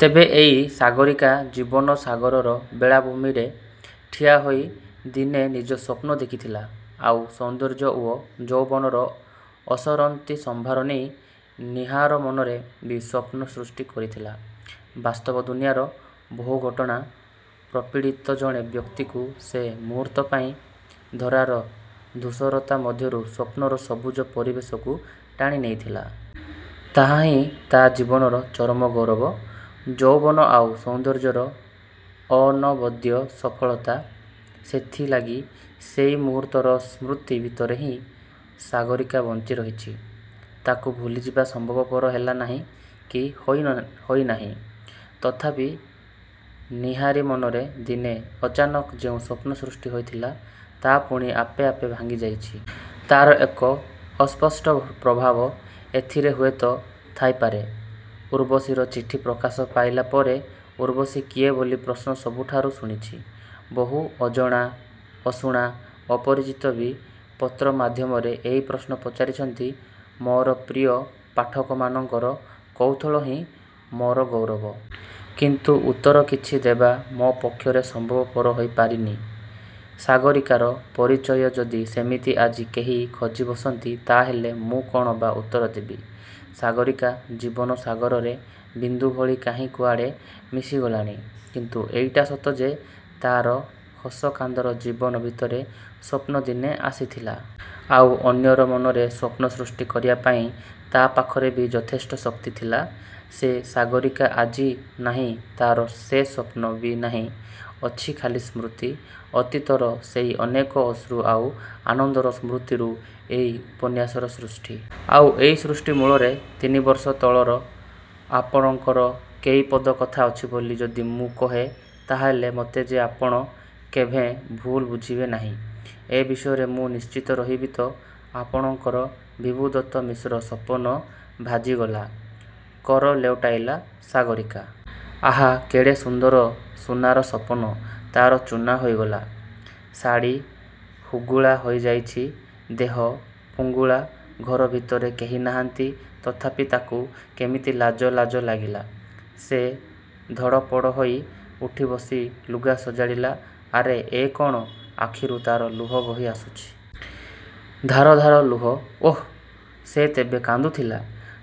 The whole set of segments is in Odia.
ତେବେ ଏଇ ସାଗରୀକା ଜୀବନ ସାଗରର ବେଳାଭୂମିରେ ଠିଆହୋଇ ଦିନେ ନିଜେ ସ୍ୱପ୍ନ ଦେଖିଥିଲା-ଆଉ ସୌନ୍ଦର୍ଯ୍ୟ ଓ ଯୌବନର ଅସରନ୍ତି ସମ୍ଭାର ନେଇ, ନୀହାର ମନରେ ବି ସ୍ୱପ୍ନ ସୃଷ୍ଟି କରିଥିଲା। ବାସ୍ତବଦୁନିଆର ବହୁଘଟଣା ପ୍ରପୀଡ଼ିତ, ଜଣେ ବ୍ୟକ୍ତିକୁ; ସେ ମୁହୂର୍ତ୍ତକ ପାଇଁ, ଧରାର-ଧୂଷରତା ମଧ୍ୟରୁ ସ୍ୱପ୍ନର ସବୁଜ ପରିବେଶକୁ ଟାଣିନେଇଥିଲା। ତାହାହିଁ ତା' ଜୀବନର ଚରମ ଗୌରବ; ଯୌବନ ଆଉ ସୌନ୍ଦର୍ଯ୍ୟର ଅନବଦ୍ୟ ସଫଳତା। ସେଇଥିଲାଗି ସେଇ ମୁହୂର୍ତ୍ତର ସ୍ମୃତି ଭିତରେ ହିଁ ସାଗରୀକା ବଞ୍ଚି ରହିଛି-ତାକୁ ଭୁଲିଯିବା ସମ୍ଭବପର ହେଲା ନାହିଁ, କି ହୋଇ ନାହିଁ-। ତଥାପି ନୀହାର ମନରେ ଦିନେ ଅଚାନକ ଯେଉଁ ସ୍ୱପ୍ନ ସୃଷ୍ଟି ହୋଇଥିଲା, ତା' ପୁଣି ଆପେ ଆପେ ଭାଙ୍ଗିଯାଇଛି। ତା'ର ଏକ ଅସ୍ପଷ୍ଟ ପ୍ରଭାବ, ଏଥିରେ ହୁଏତ ଥାଇପାରେ। 'ଉର୍ବଶୀର ଚିଠି' ପ୍ରକାଶ ପାଇଲା ପରେ ଉର୍ବଶୀ କିଏ ବୋଲି ପ୍ରଶ୍ନ ସବୁଠାରୁ ଶୁଣିଛି। ବହୁ ଅଜଣା ଅଶୁଣା ଅପରିଚିତ ବି ପତ୍ର ମାଧ୍ୟମରେ ଏଇ ପ୍ରଶ୍ନ ପଚାରିଛନ୍ତି। ମୋର ପ୍ରିୟ ପାଠକମାନଙ୍କର କୌତୂହଳ ହିଁ ମୋର ଗୌରବ। କିନ୍ତୁ ଉତ୍ତର କିଛି ଦେବା ମୋ ପକ୍ଷରେ ସମ୍ଭବପର ହୋଇପାରିନି। ସାଗରୀକାର ପରିଚୟ ଯଦି ସେମିତି ଆଜି କେହି ଖୋଜିବସନ୍ତି ତା'ହେଲେ ମୁଁ କ'ଣ ବା ଉତ୍ତର ଦେବି? ସାଗରୀକା ଜୀବନସାଗରରେ ବିନ୍ଦୁ ଭଳି କାହିଁ କୁଆଡ଼େ ମିଶିଗଲାଣି। କିନ୍ତୁ ଏଇଟା ସତ ଯେ ତା'ର ହସ କାନ୍ଦର ଜୀବନ ଭିତରେ ସ୍ୱପ୍ନ ଦିନେ ଆସିଥିଲା। ଆଉ ଅନ୍ୟର ମନରେ ସ୍ୱପ୍ନ ସୃଷ୍ଟି କରିବା ପାଇଁ ତା' ପାଖରେ ବି ଯଥେଷ୍ଟ ଶକ୍ତି ଥିଲା। ସେ ସାଗରୀକା ଆଜି ନାହିଁ-ତା'ର ସେ ସ୍ୱପ୍ନ ବି ନାହିଁ; ଅଛି ଖାଲି ସ୍ମୃତି। ଅତୀତର ସେଇ ଅନେକ ଅଶ୍ରୁ ଆଉ ଆନନ୍ଦର ସ୍ମୃତିରୁ ଏଇ ଉପନ୍ୟାସର ସୃଷ୍ଟି। ଆଉ ଏଇ ସୃଷ୍ଟି ମୂଳରେ, ତିନିବର୍ଷ ତଳର ଆପରଙ୍କର କେଇପଦ କଥା ଅଛି ବୋଲି ଯଦି ମୁଁ କହେ; ତା'ହେଲେ ମୋତେ ଯେ ଆପଣ କେଭେଁ ଭୁଲ୍-ବୁଝିବେ ନାହିଁ, ଏ ବିଷୟରେ ମୁଁ ନିଶ୍ଚିତ ରହିବି ତ-? ଆପଣଙ୍କର ବିଭୁଦତ୍ତ ମିଶ୍ର ସପନ ଭାଜିଗଲା। କର୍ ଲେଉଟାଇଲା ସାଗରୀକା। ଆହା କେଡ଼େ ସୁନ୍ଦର ସୁନାର-ସପନ ତା'ର ଚୂନା ହୋଇଗଲା। ଶାଢ଼ି ହୁଗୁଳା ହୋଇଯାଇଛି। ଦେହ ଫୁଙ୍ଗୁଳା। ଘର ଭିତରେ କେହି ନାହାନ୍ତି, ତଥାପି ତାକୁ କେମିତି ଲାଜ ଲାଜ ଲାଗିଲା। ସେ ଧଡ଼ପଡ଼ ହୋଇ ଉଠି ବସି ଲୁଗା ସଜାଡ଼ିଲା। ଆରେ ଏ କ'ଣ-ଆଖିରୁ ତା'ର ଲୁହ ବହି ଆସୁଛି। ଧାର ଧାର ଲୁହ। ଓଃ ସେ ତେବେ କାନ୍ଦୁଥିଲା।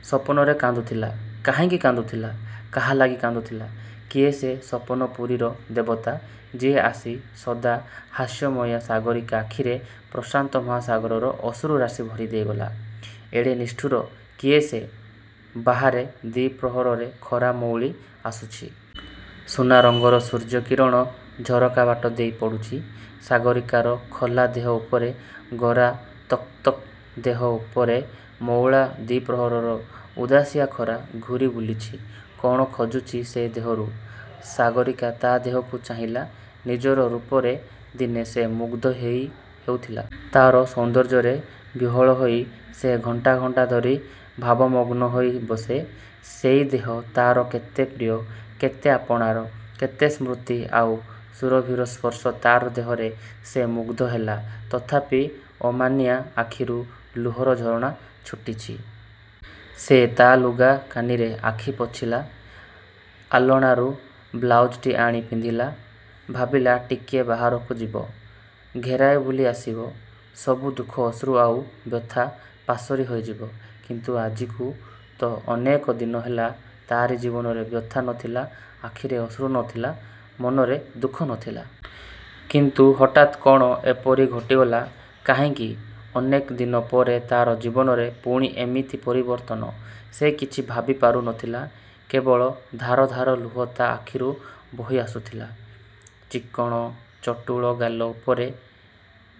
ସପନରେ କାନ୍ଦୁଥିଲା। କାହିଁକି କାନ୍ଦୁଥିଲା? କାହାଲାଗି କାନ୍ଦୁଥିଲା? କିଏ ସେ ସପନପୁରୀର ଦେବତା। ଯିଏ ଆସି ସଦା ହାସ୍ୟମୟା ସାଗରୀକା ଆଖିରେ ପ୍ରଶାନ୍ତ ମହାସାଗରର ଅଶ୍ରୁରାଶି ଭରି ଦେଇଗଲା। ଏଡ଼େ ନିଷ୍ଠୁର, କିଏ ସେ? ବାହାରେ ଦ୍ୱିପ୍ରହରର ଖରା ମଉଳି ଆସୁଛି। ସୁନା ରଙ୍ଗର ସୂର୍ଯ୍ୟ କିରଣ ଝରକା ବାଟ ଦେଇ ପଡ଼ୁଛି, ସାଗରୀକାର ଖୋଲା ଦେହ ଉପରେ। ଗୋରା ତକ୍ତକ୍ ଦେହ ଉପରେ ମଉଳା ଦ୍ୱିପ୍ରହରର ଉଦାସିଆ ଖରା ଘୂରି ବୁଲୁଛି। କ'ଣ ଖୋଜୁଛି ସେ ଦେହରୁ। ସାଗରୀକା ତା' ଦେହକୁ ଚାହିଁଲା। ନିଜର ରୂପରେ ଦିନେ ସେ ମୁଗ୍ଧ ହେଉଥିଲା। ତା'ର ସୌନ୍ଦର୍ଯ୍ୟରେ ବିହ୍ୱଳ ହୋଇ ସେ ଘଣ୍ଟା ଘଣ୍ଟା ଧରି ଭାବମଗ୍ନ ହୋଇ ବସେ। ସେଇ ଦେହ, ତା'ର କେତେ ପ୍ରିୟ, କେତେ ଆପଣାର। କେତେ ସ୍ମୃତି ଆଉ ସୁରଭିର ସ୍ପର୍ଶ ତା'ର ଦେହରେ। ସେ ମୁଗ୍ଧ ହେଲା। ତଥାପି ଅମାନିଆଁ ଆଖିରୁ ଲୁହର ଝରଣା ଛୁଟିଛି। ସେ ତା' ଲୁଗା କାନିରେ ଆଖି ପୋଛିଲା। ଆଲଣାରୁ ବ୍ଲାଉଜଟି ଆଣି ପିନ୍ଧିଲା। ଭାବିଲା-ଟିକିଏ ବାହାରକୁ ଯିବ। ଘେରାଏ ବୁଲି ଆସିବ। ସବୁ ଦୁଃଖ, ଅଶ୍ରୁ ଆଉ ବ୍ୟଥା ପାସୋର ହୋଇଯିବ। କିନ୍ତୁ ଆଜିକୁ ତ ଅନେକ ଦିନ ହେଲା ତାରି ଜୀବନରେ ବ୍ୟଥା ନଥିଲା; ଆଖିରେ ଅଶ୍ରୁ ନଥିଲା, ମନରେ ଦୁଃଖ ନଥିଲା। କିନ୍ତୁ ହଠାତ୍ କ'ଣ ଏପରି ଘଟିଗଲା। କାହିଁକି ଅନେକ ଦିନ ପରେ ତା'ର। ଜୀବନରେ ପୁଣି ଏମିତି ପରିବର୍ତ୍ତନ। ସେ କିଛି ଭାବିପାରୁ ନଥିଲା। କେବଳ ଧାର ଧାର ଲୁହ ତା' ଆଖିରୁ ବୋହି ଆସୁଥିଲା। ଚିକ୍କଣ ଚଟୁଳ ଗାଲ ଉପରେ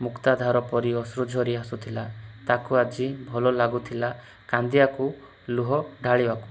ମୁକ୍ତାଧାର ପରି ଅଶ୍ରୁ ଝରି ଆସୁଥିଲା। ତାକୁ ଆଜି ଭଲ ଲାଗୁଥିଲା କାନ୍ଦିବାକୁ, ଲୁହ ଢାଳିବାକୁ।